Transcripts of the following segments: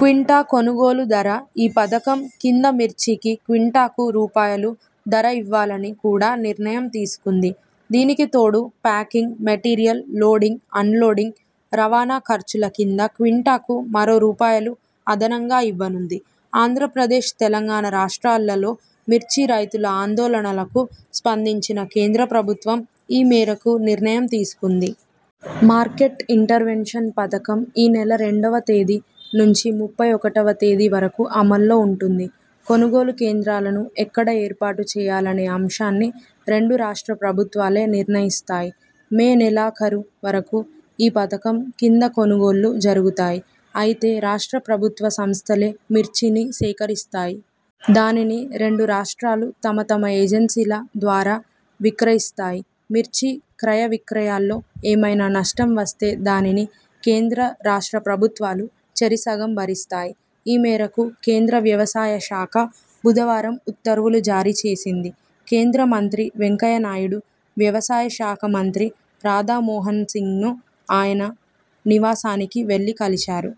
క్వింటా కొనుగోలు ధర ఈ పథకం కింద మిర్చికి క్వింటాకు రూపాయలు ధర ఇవ్వాలని కూడా నిర్ణయం తీసుకుంది. దీనికి తోడు, packing, material, loading, unloading, రవాణా ఖర్చుల కింద క్వింటాకు మరో రూపాయలు అదనంగా ఇవ్వనుంది. ఆంధ్రప్రదేశ, తెలంగాణ రాష్ట్రాలల్లో మిర్చి రైతుల ఆందోళనలకు స్పందించిన కేంద్ర ప్రభుత్వం ఈ మేరకు నిర్ణయం తీసుకుంది. మార్కెట్ ఇంటర్వెన్షన్ పథకం ఈనెల రెండువ తేదీ నుంచి ముప్పై ఒకటివ తేదీ వరకూ అమల్లో ఉంటుంది. కొనుగోలు కేంద్రాలను ఎక్కడ ఏర్పాటు చేయాలనే అంశాన్ని రెండు రాష్ట్ర ప్రభుత్వాలే నిర్ణయిస్తాయి. మే నెలాఖరు వరకు ఈ పథకం కింద కొనుగోళ్లు జరుగుతాయి. అయితే, రాష్ట్ర ప్రభుత్వ సంస్థలే మిర్చిని సేకరిస్తాయి. దానిని రెండు రాష్ట్రాలూ తమ తమ ఏజెన్సీల ద్వారా విక్రయిస్తాయి. మిర్చి క్రయ విక్రయాల్లో ఏమైనా నష్టం వస్తే దానిని కేంద్ర, రాష్ట్ర ప్రభుత్వాలు చెరి సగం భరిస్తాయి. ఈ మేరకు కేంద్ర వ్యవసాయ శాఖ బుధవారం ఉత్తర్వులు జారీ చేసింది. కేంద్ర మంత్రి వెంకయ్య నాయుడు వ్యవసాయ శాఖ మంత్రి రాధామోహనసింగ్ను ఆయన నివాసానికి వెళ్లి కలిశారు.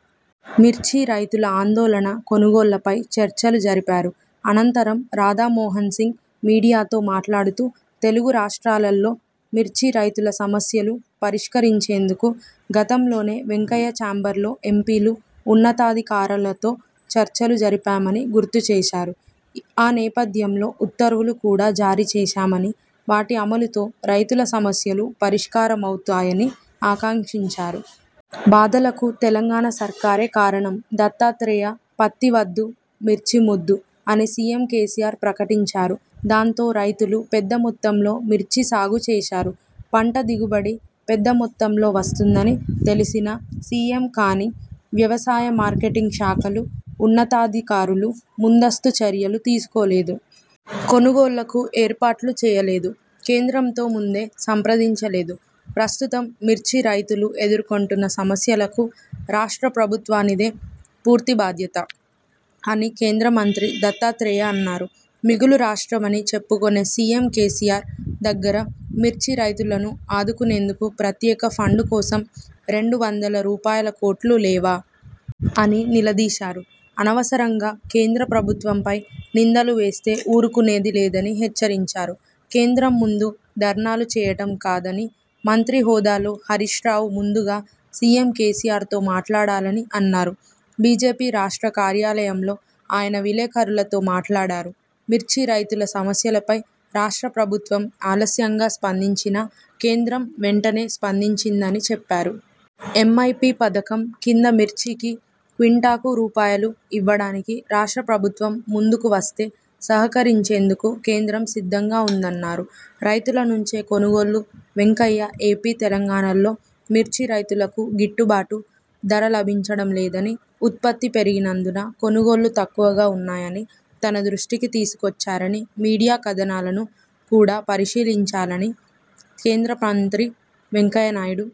మిర్చి రైతుల ఆందోళన, కొనుగోళ్లపై చర్చలు జరిపారు. అనంతరం, రాధామోహనసింగ్ మీడియాతో మాట్లాడుతూ తెలుగు రాష్ట్రాలల్లో మిర్చి రైతుల సమస్యలు పరిష్కరించేందుకు గతంలోనే వెంకయ్య చాంబర్లో ఎంపీలు, ఉన్నతాధికారులతో చర్చలు జరిపామని గుర్తు చేశారు. ఆ నేపథ్యంలో ఉత్తర్వులు కూడా జారీ చేశామని, వాటి అమలుతో రైతుల సమస్యలు పరిష్కారమవుతాయని ఆకాంక్షించారు. బాధలకు తెలంగాణ సర్కారే కారణం దత్తాత్రేయ''పత్తి వద్దు మిర్చి ముద్దు అని సీఎం కేసీఆర్ ప్రకటించారు. దాంతో రైతులు పెద్ద మొత్తంలో మిర్చి సాగు చేశారు. పంట దిగుబడి పెద్ద మొత్తంలో వస్తుందని తెలిసినా సీఎం కానీ, వ్యవసాయ, మార్కెటింగ్ శాఖలు, ఉన్నతాధికారులు ముందస్తు చర్యలు తీసుకోలేదు. కొనుగోళ్లకు ఏర్పాట్లు చేయలేదు. కేంద్రంతో ముందే సంప్రదించలేదు. ప్రస్తుతం మిర్చి రైతులు ఎదుర్కొంటున్న సమస్యలకు రాష్ట్ర ప్రభుత్వానిదే పూర్తి బాధ్యత'' అని కేంద్ర మంత్రి దత్తాత్రేయ అన్నారు. మిగులు రాష్ట్రమని చెప్పుకొనే సీఎం కేసీఆర్ దగ్గర మిర్చి రైతులను ఆదుకునేందుకు ప్రత్యేక ఫండ్ కోసం రెండు వందల రూపాయలుకోట్లు లేవా? అని నిలదీశారు. అనవసరంగా కేంద్ర ప్రభుత్వంపై నిందలు వేస్తే ఊరుకునేది లేదని హెచ్చరించారు. కేంద్రం ముందు ధర్నాలు చేయటం కాదని, మంత్రి హోదాలో హరీశ్రావు ముందుగా సీఎం కేసీఆర్తో మాట్లాడాలని అన్నారు. బీజేపీ రాష్ట్ర కార్యాలయంలో ఆయన విలేకరులతో మాట్లాడారు. మిర్చి రైతుల సమస్యలపై రాష్ట్ర ప్రభుత్వం ఆలస్యంగా స్పందించినా కేంద్రం వెంటనే స్పందించిందని చెప్పారు. ఎంఐపీ పథకం కింద మిర్చికి క్వింటాకు రూపాయలు ఇవ్వడానికి రాష్ట్ర ప్రభుత్వం ముందుకువస్తే సహకరించేందుకు కేంద్రం సిద్ధంగా ఉందన్నారు. రైతుల నుంచే కొనుగోళ్లు వెంకయ్య ఏపీ, తెలంగాణల్లో మిర్చి రైతులకు గిట్టుబాటు ధర లభించటం లేదని, ఉత్పత్తి పెరిగినందున కొనుగోళ్లు తక్కువగా ఉన్నాయని తన దృష్టికి తీసుకొచ్చారని, మీడియా కథనాలను కూడా పరిశీలించానని కేంద్ర మంత్రి వెంకయ్యనాయుడు